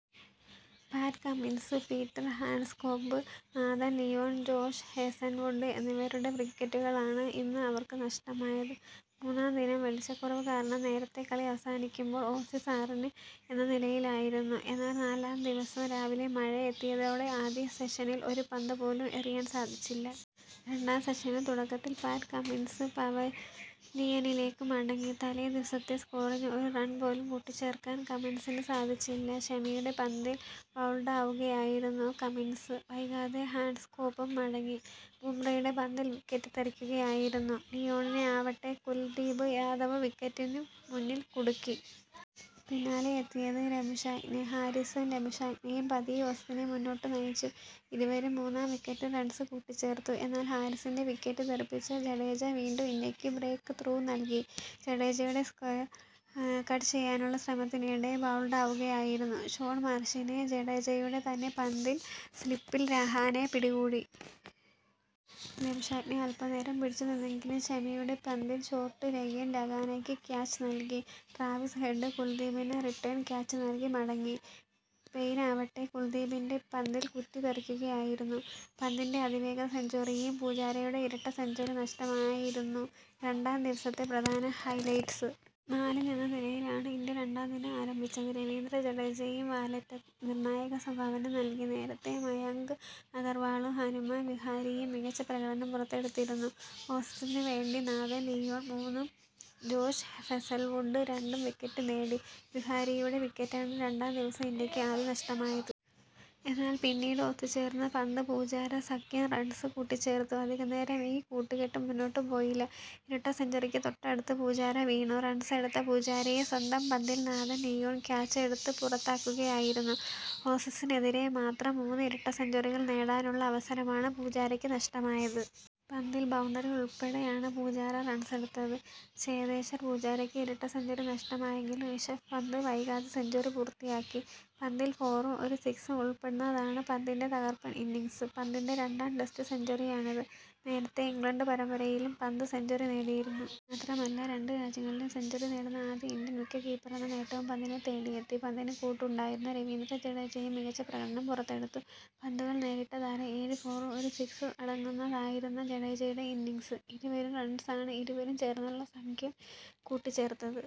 പാറ്റ് Cummins, Peter Handscomb, Nathan Lyon, Josh Hazlewood എന്നിവരുടെ വിക്കറ്റുകളാണ് ഇന്ന് അവർക്ക് നഷ്ടമായത്. മൂന്നാം ദിനം വെളിച്ചക്കുറവ് കാരണം നേരത്തെ കളി അവസാനിക്കുമ്പോൾ ഓസീസ് ആറിന് എന്ന നിലയിലായിരുന്നു. എന്നാൽ നാലാം ദിവസം രാവിലെ മഴയെത്തിയതോടെ ആദ്യ സെഷനിൽ ഒരു പന്ത് പോലും എറിയാൻ സാധിച്ചില്ല. രണ്ടാം സെഷനിൽ തുടക്കത്തിൽ പാറ്റ് കമ്മിൻസ് പവലിയനിലേക്ക് മടങ്ങി. തലേ ദിവസത്തെ സ്കോറിന് ഒരു റൺ പോലും കൂട്ടിച്ചേർക്കാൻ കമ്മിൻസിന് സാധിച്ചില്ല. ഷമിയുടെ പന്തിൽ ബൌൾഡാവുകയായിരുന്നു കമ്മിൻസ്. വൈകാതെ ഹാൻഡ്സ്കോംപും മടങ്ങി. ബുംറയുടെ പന്തിൽ വിക്കറ്റ് തെറിക്കുകയായിരുന്നു. ലിയോണിനെയാവട്ടെ കുൽദീപ് യാദവ് വിക്കറ്റിന് മുന്നിൽ കുടുക്കി. പിന്നാലെ എത്തിയത് ലബുഷാഗ്നെ. ഹാരിസും ലബുഷാഗ്നെയും പതിയെ ഓസീസിനെ മുന്നോട്ട് നയിച്ചു. ഇരുവരും മൂന്നാം വിക്കറ്റിൽ റൺസ് കൂട്ടിച്ചേർത്തു. എന്നാൽ ഹാരിസിന്റെ വിക്കറ്റ് തെറിപ്പിച്ച ജഡേജ വീണ്ടും ഇന്ത്യക്ക് ബ്രേക്ക് ത്രൂ നൽകി. ജഡേജയുടെ സ്ക്വയർ കട്ട് ചെയ്യാനുള്ള ശ്രമത്തിനിടെ ബൌൾഡാവുകയായിരുന്നു. ഷോൺ മാർഷിനെ ജഡേജയുടെ തന്നെ പന്തിൽ സ്ലിപ്പിൽ രഹാനെ പിടികൂടി. ലബുഷാഗ്നെ അൽപനേരം പിടിച്ചു നിന്നെങ്കിലും ഷമിയുടെ പന്തിൽ ഷോർട്ട് ലെഗിൽ രഹാനെയ്ക്ക് ക്യാച്ച് നൽകി. ട്രാവിസ് ഹെഡ് കുൽദീപിന് റിട്ടേൺ ക്യാച്ച് നൽകി മടങ്ങി. പെയ്നാവട്ടെ കുൽദീപിന്റെ പന്തിൽ കുറ്റി തെറിക്കുകയായിരുന്നു. പന്തിന്റെ അതിവേഗ സെഞ്ചുറിയും പൂജാരയുടെ ഇരട്ട സെഞ്ചുറി നഷ്ടവുമായിരുന്നു രണ്ടാം ദിവസത്തെ പ്രധാന ഹൈലൈറ്റസ്. നാലിന് എന്ന നിലയിലാണ് ഇന്ത്യ രണ്ടാം ദിനം ആരംഭിച്ചത്. രവീന്ദ്ര ജഡേജയും വാലറ്റത്ത് നിർണായക സംഭാവന നൽകി. നേരത്തെ മായങ്ക് അഗർവാളും, ഹനുമ വിഹാരി യും മികച്ച പ്രകടനം പുറത്തെടുത്തിരുന്നു. ഓസീസിന് വേണ്ടി നഥാൻ ലിയോൺ മൂന്നും ജോഷ് ഹേസൽവുഡ് രണ്ടും വിക്കറ്റ് നേടി. വിഹാരിയുടെ വിക്കറ്റാണ് രണ്ടാം ദിവസം ഇന്ത്യക്ക് ആദ്യം നഷ്ടമായത്. എന്നാൽ പിന്നീട് ഒത്തുച്ചേർന്ന പന്ത് പൂജാര സഖ്യം റൺസ് കൂട്ടിച്ചേർത്തു. അധികനേരം ഈ കൂട്ടുക്കെട്ട് മുന്നോട്ട് പോയില്ല. ഇരട്ട സെഞ്ചുറിക്ക് തൊട്ടടുത്ത് പൂജാര വീണു. റൺസെടുത്ത പൂജാരയെ സ്വന്തം പന്തിൽ നഥാൻ ലിയോൺ ക്യാച്ചെടുത്ത് പുറത്താക്കുകയായിരുന്നു. ഓസീസിനെതിരെ മാത്രം മൂന്ന് ഇരട്ട സെഞ്ചുറികൾ നേടാനുള്ള അവസരമാണ് പൂജാരയ്ക്ക് നഷ്ടമായത്. പന്തിൽ ബൌണ്ടറി ഉൾപ്പെടെയാണ് പൂജാര റൺസെടുത്തത്. ചേതേശ്വർ പൂജാരയ്ക്ക് ഇരട്ട സെഞ്ചുറി നഷ്ടമായെങ്കിലും ഋഷഭ് പന്ത് വൈകാതെ സെഞ്ചുറി പൂർത്തിയാക്കി. പന്തിൽ ഫോറും ഒരു സ്കിസും ഉൾപ്പെടുന്നതാണ് പന്തിന്റെ തകർപ്പൻ ഇന്നിങ്സ്. പന്തിന്റെ രണ്ടാം ടെസ്റ്റ് സെഞ്ചുറിയാണിത്. നേരത്തെ ഇംഗ്ലണ്ട് പരമ്പരയിലും പന്ത് സെഞ്ചുറി നേടിയിരുന്നു. മാത്രമല്ല, രണ്ട് രാജ്യങ്ങളിലും സെഞ്ചുറി നേടുന്ന ആദ്യ ഇന്ത്യൻ വിക്കറ്റ് കീപ്പറെന്ന നേട്ടവും പന്തിനെ തേടിയെത്തി. പന്തിന് കൂട്ടുണ്ടായിരുന്ന രവീന്ദ്ര ജഡേജയും മികച്ച പ്രകടനം പുറത്തെടുത്തു. പന്തുകൾ നേരിട്ട താരം ഏഴ് ഫോറും ഒരു സിക്സും അടങ്ങുന്നതായിരുന്ന ജഡേജയുടെ ഇന്നിങ്സ്. ഇരുവരും റൺസാണ് ഇരുവരും ചേർന്നുള്ള സഖ്യം കൂട്ടിച്ചേർത്തത്.